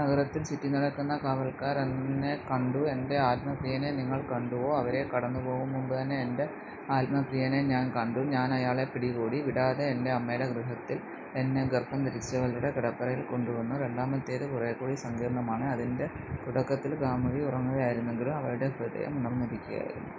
നഗരത്തിൽ ചുറ്റിനടക്കുന്ന കാവൽക്കാർ എന്നെ കണ്ടു. "എന്റെ ആത്മപ്രിയനെ നിങ്ങൾ കണ്ടുവോ? "അവരെ കടന്നുപോകുംമുമ്പുതന്നെ എന്റെ ആത്മപ്രിയനെ ഞാൻ കണ്ടു. ഞാൻ അയാളെ പിടികൂടി, വിടാതെ, എന്റെ അമ്മയുടെ ഗൃഹത്തിൽ, എന്നെ ഗർഭം ധരിച്ചവളുടെ കിടപ്പറയിൽ കൊണ്ടുവന്നു. രണ്ടാമത്തേത് കുറേക്കൂടി സങ്കീർണമാണ്. അതിന്റെ തുടക്കത്തിൽ കാമുകി, ഉറങ്ങുകയായിരുന്നെങ്കിലും അവളുടെ ഹൃദയം ഉണർന്നിരിക്കുകയായിരുന്നു.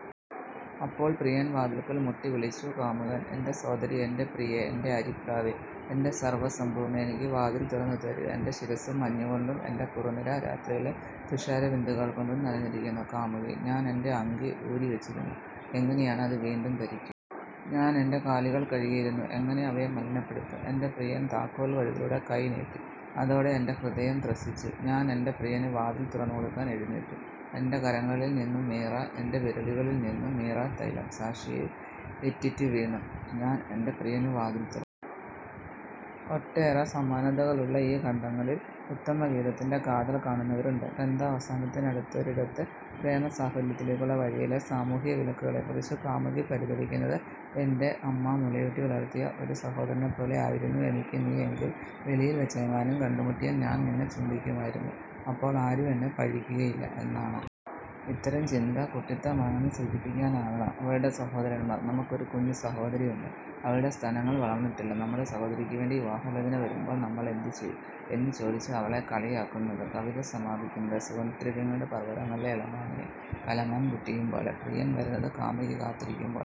അപ്പോൾ, പ്രിയൻ വാതിൽക്കൽ മുട്ടി വിളിച്ചു. കാമുകൻ:- എന്റെ സോദരീ, എന്റെ പ്രിയേ, എന്റെ അരിപ്രാവേ, എന്റെ സർവസമ്പൂർണേ, എനിക്കു വാതിൽ തുറന്നു തരൂ; എന്റെ ശിരസ്സു മഞ്ഞുകൊണ്ടും, എന്റെ കുറുനിര രാത്രിയിലെ തുഷാരബിന്ദുക്കൾ കൊണ്ടും നനഞ്ഞിരിക്കുന്നു. കാമുകി:- ഞാൻ എന്റെ അങ്കി ഊരിവച്ചിരുന്നു, എങ്ങനെയാണ് അതു വീണ്ടും ധരിക്കുക? ഞാൻ എന്റെ കാലുകൾ കഴുകിയിരുന്നു, എങ്ങനെ അവയെ മലിനപ്പെടുത്തും? എന്റെ പ്രിയൻ താക്കോൽ പഴുതിലൂടെ കൈ നീട്ടി, അതോടെ എന്റെ ഹൃദയം ത്രസിച്ചു. ഞാൻ എന്റെ പ്രിയനു വാതിൽ തുറന്നുകൊടുക്കാൻ എഴുന്നേറ്റു. എന്റെ കരങ്ങളിൽ നിന്നു മീറാ, എന്റെ വിരലുകളിൽ നിന്നു മീറാത്തൈലം, സാക്ഷയിൽ ഇറ്റിറ്റു വീണു. ഞാൻ എന്റെ പ്രിയനു വാതിൽ തുറന്നു. ഒട്ടേറെ സമാനതകളുള്ള ഈ ഖണ്ഡങ്ങളിൽ ഉത്തമഗീതത്തിന്റെ കാതൽ കാണുന്നവരുണ്ട്. ഗ്രന്ഥാവസാനത്തിനടുത്തൊരിടത്ത്, പ്രേമസാഫല്യത്തിലേക്കുള്ള വഴിയിലെ സാമൂഹ്യവിലക്കുകളെക്കുറിച്ച് കാമുകി പരിതപിക്കുന്നത് "ഏന്റെ അമ്മ മുലയൂട്ടി വളർത്തിയ ഒരു സഹോദരനെപ്പോലെ ആയിരുന്നു എനിക്കു നീ എങ്കിൽ, വെളിയിൽ വച്ചെങ്ങാനും കണ്ടുമുട്ടിയാൽ ഞാൻ നിന്നെ ചുംബിക്കുമായിരുന്നു, അപ്പോൾ ആരും എന്നെ പഴിക്കുകയില്ല" എന്നാണ്. ഇത്തരം ചിന്ത കുട്ടിത്തമാണെന്ന് സൂചിപ്പിക്കാനാകണം അവളുടെ സഹോദരന്മാർ "നമുക്കൊരു കുഞ്ഞു സഹോദരിയുണ്ട്, അവളുടെ സ്തനങ്ങൾ വളർന്നിട്ടില്ല. നമ്മുടെ സഹോദരിക്കു വേണ്ടി വിവാഹാലോചന വരുമ്പോൾ നമ്മൾ എന്തു ചെയ്യും? " എന്നു ചോദിച്ച് അവളെ കളിയാക്കുന്നത്. കവിത സമാപിക്കുന്നത്, "സുഗന്ധദ്രവ്യങ്ങളുടെ പർവതങ്ങളിലെ ഇളമാനെയും കലമാൻ കുട്ടിയെയും പോലെ" പ്രിയൻ വരുന്നത് കാമുകി കാത്തിരിക്കുമ്പോഴാണ്.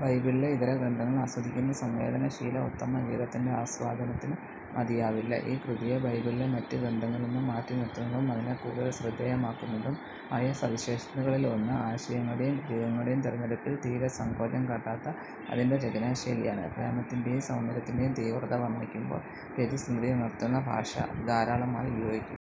ബൈബിളിലെ ഇതര ഗ്രന്ഥങ്ങൾ ആസ്വദിക്കുന്ന സംവേദനശീലം ഉത്തമഗീതത്തിന്റെ ആസ്വാദനത്തിന് മതിയാവില്ല. ഈ കൃതിയെ ബൈബിളിലെ മറ്റു ഗ്രന്ഥങ്ങളിൽ നിന്ന് മാറ്റിനിർത്തുന്നതും അതിനെ കൂടുതൽ ശ്രദ്ധേയമാക്കുന്നതും ആയ സവിശേഷതകളിൽ ഒന്ന്, ആശയങ്ങളുടേയും പ്രതീകങ്ങളുടേയും തെരഞ്ഞെടുപ്പിൽ തീരെ സങ്കോചം കാട്ടാത്ത അതിന്റെ രചനാശൈലിയാണ്. പ്രേമത്തിന്റേയും സൗന്ദര്യത്തിന്റേയും തീവ്രത വർണ്ണിക്കുമ്പോൾ രതിസ്മൃതിയുണർത്തുന്ന ഭാഷ അത് ധാരാളമായി ഉപയോഗിക്കുന്നു.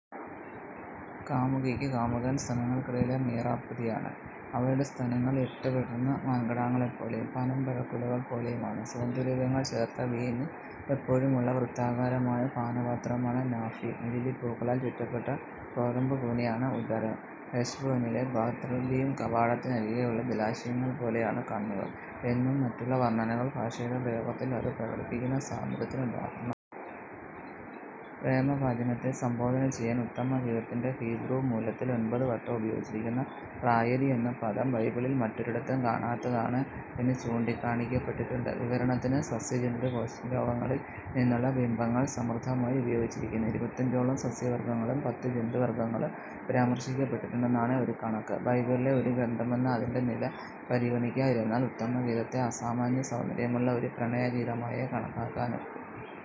കാമുകിക്ക് കാമുകൻ സ്തനങ്ങൾക്കിടയിലെ മീറാപ്പൊതിയാണ്; അവളുടെ സ്തനങ്ങൾ ഇരട്ടപിറന്ന മാൻകിടാങ്ങളെപ്പോലെയും പനംപഴക്കുലകൾ പോലെയും ആണ്; സുഗന്ധദ്രവ്യങ്ങൾ ചേർത്ത വീഞ്ഞ് എപ്പോഴുമുള്ള, വൃത്താകാരമായ പാനപാത്രമാണ് നാഭി; ലില്ലിപ്പൂക്കളാൽ ചുറ്റപ്പെട്ട കോതമ്പുകൂനയാണ് ഉദരം; ഹെശ്ബ്ബോനിലെ ബാത്റബീം കവാടത്തിന്നരികെയുള്ള ജലാശയങ്ങൾപോലെയാണു കണ്ണുകൾ എന്നും മറ്റുമുള്ള വർണ്ണനകൾ ഭാഷയുടെ പ്രയോഗത്തിൽ അത് പ്രകടിപ്പിക്കുന്ന സ്വാതന്ത്ര്യത്തിന് ഉദാഹരണമാണ്. പ്രേമഭാജനത്തെ സംബോധന ചെയ്യാൻ ഉത്തമഗീതത്തിന്റെ ഹീബ്രൂ മൂലത്തിൽ ഒൻപതുവട്ടം ഉപയോഗിച്ചിരിക്കുന്ന 'റായതി' എന്ന പദം, ബൈബിളിൽ മറ്റൊരിടത്തും കാണാത്തതാണ് എന്നു ചൂണ്ടിക്കാണിക്കപ്പെട്ടിട്ടുണ്ട്. വിവരണത്തിന് സസ്യ-ജന്തുലോകങ്ങളിൽ നിന്നുള്ള ബിംബങ്ങൾ സമൃദ്ധമായി ഉപയോഗിച്ചിരിക്കുന്നു. ഇരുപത്തഞ്ചോളം സസ്യവർഗങ്ങളും പത്ത് ജന്തുവർഗങ്ങളും പരാമർശിക്കപ്പെട്ടിട്ടുണ്ടെന്നാണ് ഒരു കണക്ക്. ബൈബിളിലെ ഒരു ഗ്രന്ഥമെന്ന അതിന്റെ നില പരിഗണിക്കാതിരുന്നാൽ, ഉത്തമഗീതത്തെ അസാമാന്യ സൗന്ദര്യമുള്ള ഒരു പ്രണയഗീതമായേ കണക്കാക്കാനൊക്കൂ.